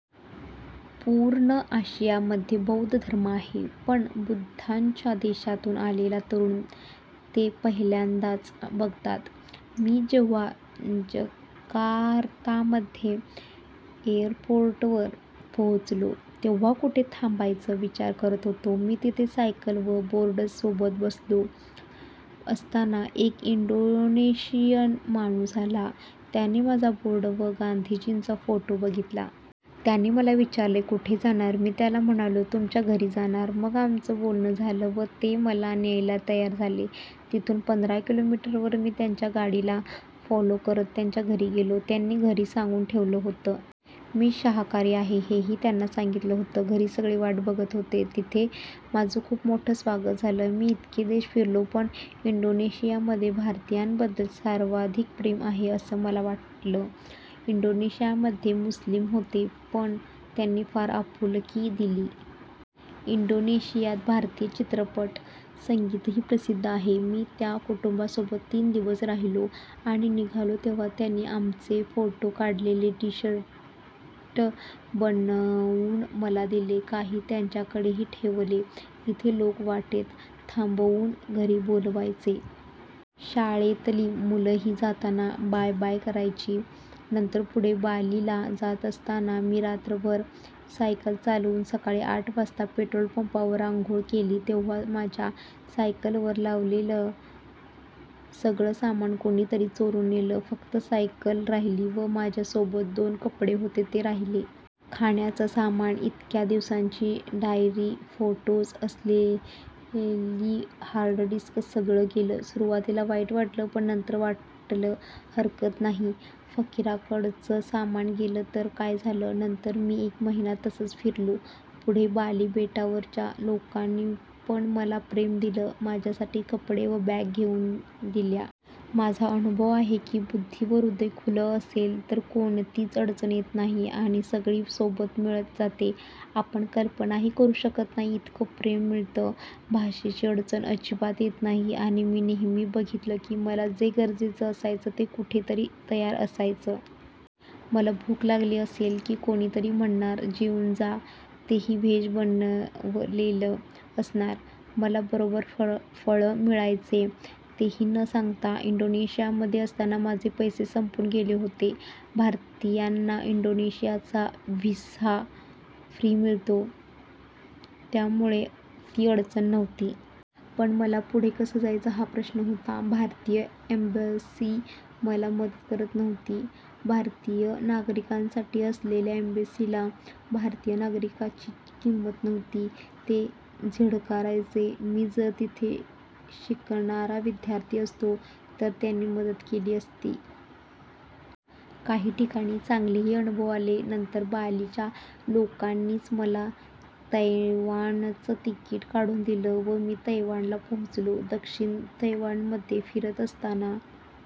पूर्ण आशियामध्ये बौद्ध धर्म आहे, पण बुद्धांच्या देशातून आलेला तरुण ते पहिल्यांदाच बघतात. मी जेव्हा जकार्तामध्ये एअरपोर्टवर पोहोचलो, तेव्हा कुठे थांबायचं विचार करत होतो. मी तिथे सायकल व बोर्डसोबत बसलो असताना एक इंडोनेशियन माणूस आला, त्याने माझा बोर्ड व गांधीजींचा फोटो बघितला. त्याने मला विचारलं कुठे जाणार? मी त्याला म्हणालो तुमच्या घरी जाणार. मग आमचं बोलणं झालं व ते मला न्यायला तयार झाले. तिथून पंधरा किलोमीटरवर मी त्यांच्या गाडीला फॉलो करत त्यांच्या घरी गेलो. त्यांनी घरी सांगून ठेवलं होतं. मी शाकाहारी आहे, हेही त्यांना सांगितलं होतं. घरी सगळे वाट बघत होते. तिथे माझं खूप मोठं स्वागत झालं. मी इतके देश फिरलो पण इंडोनेशियामध्ये भारतीयांबद्दल सर्वाधिक प्रेम आहे असं मला वाटलं. इंडोनेशियामध्ये मुस्लीम होते पण त्यांनी फार आपुलकी दिली. इंडोनेशियात भारतीय चित्रपट, संगीतही प्रसिद्ध आहे. मी त्या कुटुंबासोबत तीन दिवस राहिलो आणि निघालो तेव्हा त्यांनी आमचे फोटो काढलेले टी शर्ट बनवून मला दिले. काही त्यांच्याकडेही ठेवले. इथे लोक वाटेत थांबवून घरी बोलवायचे. शाळेतली मुलंही जाताना बाय बाय करायची. नंतर पुढे बालीला जात असताना मी रात्रभर सायकल चालवून सकाळी आठ वाजता पेट्रोलपंपावर आंघोळ केली. तेव्हा माझ्या सायकलवर लावलेलं सगळं सामान कोणी तरी चोरून नेलं. फक्त सायकल राहिली व माझ्यासोबत दोन कपडे होते ते राहिले. खाण्याचं सामान, इतक्या दिवसांची डायरी, फोटोज असलेली हार्ड डिस्क सगळं गेलं. सुरुवातीला वाईट वाटलं, पण नंतर वाटलं हरकत नाही. फकिराकडचं सामान गेलं तर काय झालं. नंतर मी एक महिना तसंच फिरलो. पुढे बाली बेटावरच्या लोकांनीपण मला प्रेम दिलं, माझ्यासाठी कपडे व बॅग घेऊन दिल्या. माझा अनुभव आहे की, बुद्धी व हृदय खुलं असेल तर कोणतीच अडचण येत नाही आणि सगळी सोबत मिळत जाते. आपण कल्पनाही करू शकत नाही इतकं प्रेम मिळतं. भाषेची अडचण अजिबात येत नाही. आणि मी नेहमी बघितलं की, मला जे गरजेचं असायचं ते कुठे तरी तयार असायचं. मला भूक लागली असेल की कोणी तरी म्हणणार जेवून जा. तेही व्हेज बनवलेलं असणार. मला बरोबर फळं मिळायचे. तेही न सांगता. इंडोनेशियामध्ये असताना माझे पैसे संपून गेले होते. भारतीयांना इंडोनेशियाचा व्हिसा फ्री मिळतो, त्यामुळे ती अडचण नव्हती. पण मला पुढे कसं जायचं हा प्रश्न होता. भारतीय एंबसी मला मदत करत नव्हती. भारतीय नागरिकांसाठी असलेल्या एंबसीला भारतीय नागरिकाची किंमत नव्हती. ते झिडकारायचे. मी जर तिथे शिकणारा विद्यार्थी असतो तर त्यांनी मदत केली असती. काही ठिकाणी चांगलेही अनुभव आले. नंतर बालीच्या लोकांनीच मला तैवानचं तिकीट काढून दिलं व मी तैवानला पोहोचलो. दक्षिण तैवानमध्ये फिरत असताना